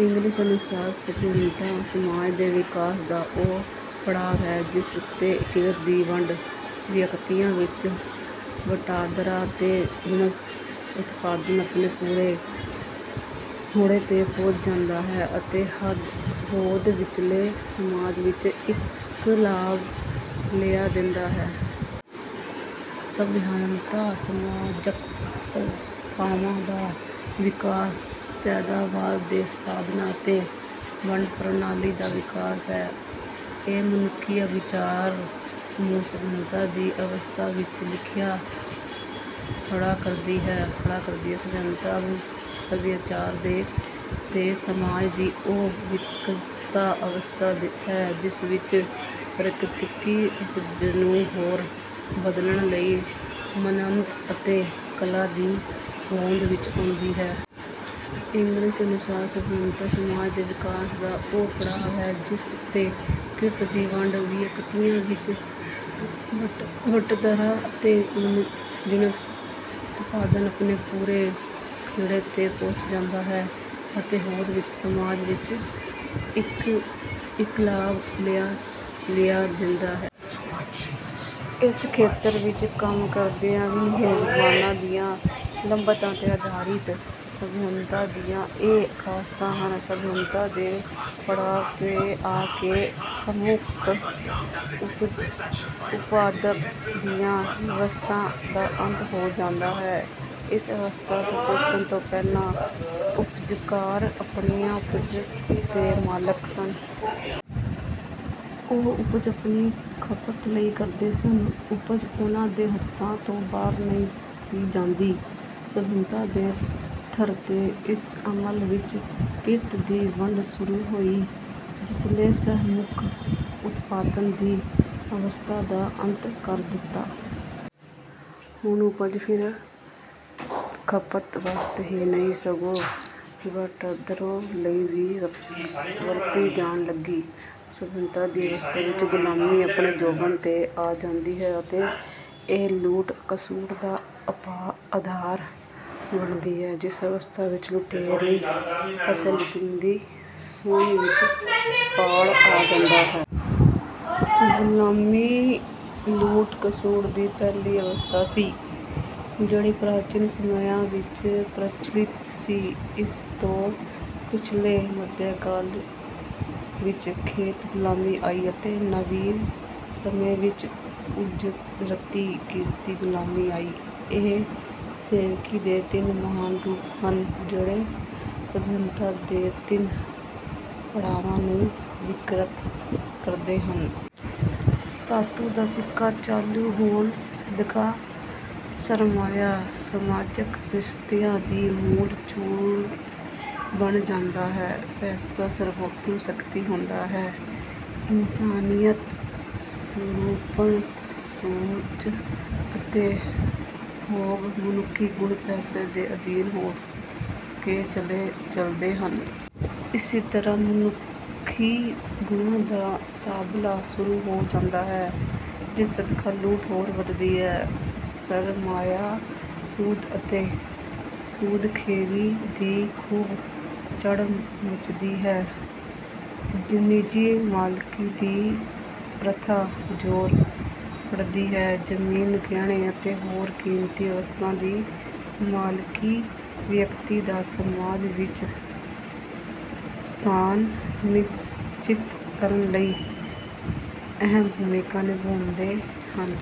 Engels ਅਨੁਸਾਰ: "ਸੱਭਿਅਤਾ ਸਮਾਜ ਦੇ ਵਿਕਾਸ ਦਾ ਉਹ ਪੜਾਅ ਹੈ, ਜਿਸ ਉੱਤੇ ਕਿਰਤ ਦੀ ਵੰਡ, ਵਿਅਕਤੀਆਂ ਵਿੱਚ ਵਟਾਂਦਰਾ ਅਤੇ ਜਿਣਸ ਉਤਪਾਦਨ ਆਪਣੇ ਪੂਰੇ ਖੇੜੇ ਤੇ ਪਹੁੰਚ ਜਾਂਦਾ ਹੈ ਅਤੇ ਹੋਂਦ ਵਿੱਚਲੇ ਸਮਾਜ ਵਿੱਚ ਇਨਕਲਾਬ ਲਿਆ ਦਿੰਦਾ ਹੈ।" ਸੱਭਿਅਤਾ ਸਮਾਜਕ ਸੰਸਥਾਵਾਂ ਦਾ ਵਿਕਾਸ, ਪੈਦਾਵਾਰ ਦੇ ਸਾਧਨਾਂ ਅਤੇ ਵੰਡ ਪ੍ਰਣਾਲੀ ਦਾ ਵਿਕਾਸ ਹੈ। ਇਹ ਮਨੁੱਖੀ ਸੱਭਿਆਚਾਰ ਨੂੰ ਸੱਭਿਅਤਾ ਦੀ ਅਵਸਥਾ ਵਿੱਚ ਲਿਆ ਖੜ੍ਹਾ ਕਰਦੀ ਹੈ। ਸੱਭਿਅਤਾ, ਸੱਭਿਆਚਾਰ ਤੇ ਸਮਾਜ ਦੀ ਉਹ ਵਿਕਸਤ ਅਵਸਥਾ ਹੈ ਜਿਸ ਵਿੱਚ ਪ੍ਰਕਿਰਤਕ ਉਪਜ ਨੂੰ ਹੋਰ ਬਦਲਣ ਲਈ ਸਨਅਤ ਅਤੇ ਕਲਾ ਦੀ ਹੋਂਦ ਵਿੱਚ ਆਉਂਦੀ ਹੈ। ਏਂਗਲਜ਼ ਅਨੁਸਾਰ ਸੱਭਿਅਤਾ ਸਮਾਜ ਦੇ ਵਿਕਾਸ ਦਾ ਉਹ ਪੜਾਅ ਹੈ, ਜਿਸ ਉੱਤੇ ਕਿਰਤ ਦੀ ਵੰਡ, ਵਿਅਕਤੀਆਂ ਵਿੱਚ ਵਟਾਂਦਰਾ ਅਤੇ ਜਿਣਸ ਉਤਪਾਦਨ ਆਪਣੇ ਪੂਰੇ ਖੇੜੇ ਤੇ ਪਹੁੰਚ ਜਾਂਦਾ ਹੈ ਅਤੇ ਹੋਂਦ ਵਿੱਚਲੇ ਸਮਾਜ ਵਿੱਚ ਇਨਕਲਾਬ ਲਿਆ ਦਿੰਦਾ ਹੈ। ਇਸ ਖੇਤਰ ਵਿੱਚ ਕੰਮ ਕਰਦੇ ਵਿਭਿੰਨ ਵਿਦਵਾਨਾਂ ਦੀਆਂ ਲੱਭਤਾਂ ਤੇ ਆਧਾਰਿਤ ਸੱਭਿਅਤਾ ਦੀਆਂ ਇਹ ਖਾਸਤਾਂ ਹਨ। ਸੱਭਿਅਤਾ ਦੇ ਪੜਾਅ ਤੇ ਆ ਕੇ ਸਮੂਹਕ ਉਤਪਾਦਨ ਦੀ ਵਿਵਸਥਾ ਦਾ ਅੰਤ ਹੋ ਜਾਂਦਾ ਹੈ। ਇਸ ਅਵਸਥਾ ਤੇ ਪਹੁੰਚਣ ਤੋਂ ਪਹਿਲਾਂ ਉਪਜਕਾਰ ਆਪਣੀ ਉਪਜ ਦੇ ਮਾਲਕ ਸਨ। ਉਹ ਉਪਜ ਆਪਣੀ ਖਪਤ ਲਈ ਕਰਦੇ ਸਨ। ਉਪਜ ਉਨ੍ਹਾਂ ਦੇ ਹੱਥਾਂ ਤੋਂ ਬਾਹਰ ਨਹੀਂ ਸੀ ਜਾਂਦੀ। ਸੱਭਿਅਤਾ ਦੇ ਪੱਧਰ ਤੇ ਇਸ ਅਮਲ ਵਿੱਚ ਕਿਰਤ ਦੀ ਵੰਡ ਸ਼ੁਰੂ ਹੋਈ, ਜਿਸਨੇ ਸਮੂਹਕ ਉਤਪਾਦਨ ਦੀ ਵਿਵਸਥਾ ਦਾ ਅੰਤ ਕਰ ਦਿੱਤਾ। ਹੁਣ ਉਪਜ ਫਿਰ ਖਪਤ ਵਾਸਤੇ ਹੀ ਨਹੀਂ, ਸਗੋਂ ਵਟਾਂਦਰੇ ਲਈ ਵੀ ਵਰਤੀ ਜਾਣ ਲੱਗੀ। ਸੱਭਿਅਤਾ ਦੀ ਅਵਸਥਾ ਵਿੱਚ ਗੁਲਾਮੀ ਆਪਣੇ ਜੋਬਨ ਤੇ ਆ ਜਾਂਦੀ ਹੈ ਅਤੇ ਇਹ ਲੁੱਟ-ਖਸੁੱਟ ਦਾ ਅਧਾਰ ਬਣਦੀ ਹੈ। ਇਸ ਅਵਸਥਾ ਵਿੱਚ ਲੁਟੇਰੀ ਅਤੇ ਲੁਟੀਂਦੀ ਸ਼੍ਰੇਣੀ ਵਿੱਚ ਪਾੜ ਆ ਜਾਂਦਾ ਹੈ। ਗੁਲਾਮੀ ਲੁੱਟ-ਖਸੁੱਟ ਦੀ ਪਹਿਲੀ ਅਵਸਥਾ ਸੀ, ਜਿਹੜੀ ਪ੍ਰਾਚੀਨ ਸਮਿਆਂ ਵਿੱਚ ਪ੍ਰਚਲਿਤ ਸੀ। ਇਸ ਤੋਂ ਪਿੱਛੋਂ ਮੱਧਕਾਲ ਵਿੱਚ ਖੇਤ-ਗੁਲਾਮੀ ਆਈ ਅਤੇ ਨਵੀਨ ਸਮੇਂ ਵਿੱਚ ਉਜਰਤੀ ਕਿਰਤੀ ਗੁਲਾਮੀ ਆਈ। ਇਹ ਸੇਵਕੀ ਦੇ ਤਿੰਨ ਮਹਾਨ ਰੂਪ ਹਨ, ਜਿਹੜੇ ਸੱਭਿਅਤਾ ਦੇ ਤਿੰਨ ਪੜਾਵਾਂ ਨੂੰ ਵਿਅਕਤ ਕਰਦੇ ਹਨ। ਧਾਤੂ ਦਾ ਸਿੱਕਾ ਚਾਲੂ ਹੋਣ ਸਦਕਾ ਸਰਮਾਇਆ ਸਮਾਜਕ ਰਿਸ਼ਤਿਆਂ ਦੀ ਮੂਲ ਚੂਲ ਬਣ ਜਾਂਦਾ ਹੈ। ਪੈਸਾ ਸਰਵੋਤਮ ਸ਼ਕਤੀ ਹੁੰਦਾ ਹੈ। ਇਨਸਾਨੀਅਤ, ਸੁਹੱਪਣ, ਸੁਹਜ ਅਤੇ ਹੋਰ ਮਨੁੱਖੀ ਗੁਣ ਪੈਸੇ ਦੇ ਅਧੀਨ ਹੋ ਕੇ ਚਲਦੇ ਹਨ। ਇਸ ਤਰ੍ਹਾਂ ਮਨੁੱਖੀ ਗੁਣਾਂ ਦਾ ਤਬਾਦਲਾ ਸ਼ੁਰੂ ਹੋ ਜਾਂਦਾ ਹੈ, ਜਿਸ ਸਦਕਾ ਲੁੱਟ ਹੋਰ ਵਧਦੀ ਹੈ। ਸਰਮਾਇਆ, ਸੂਦ ਅਤੇ ਸੂਦ-ਖੋਰੀ ਦੀ ਖੂਬ ਚੜ੍ਹ ਮੱਚਦੀ ਹੈ। ਨਿੱਜੀ ਮਾਲਕੀ ਦੀ ਪ੍ਰਥਾ ਜ਼ੋਰ ਫੜਦੀ ਹੈ। ਜ਼ਮੀਨ, ਗਹਿਣੇ ਅਤੇ ਹੋਰ ਕੀਮਤੀ ਵਸਤੂਆਂ ਦੀ ਮਾਲਕੀ ਵਿਅਕਤੀ ਦਾ ਸਮਾਜ ਵਿੱਚ ਸਥਾਨ ਨਿਸ਼ਚਿਤ ਕਰਨ ਲਈ ਅਹਿਮ ਭੂਮਿਕਾ ਨਿਭਾਉਂਦੇ ਹਨ।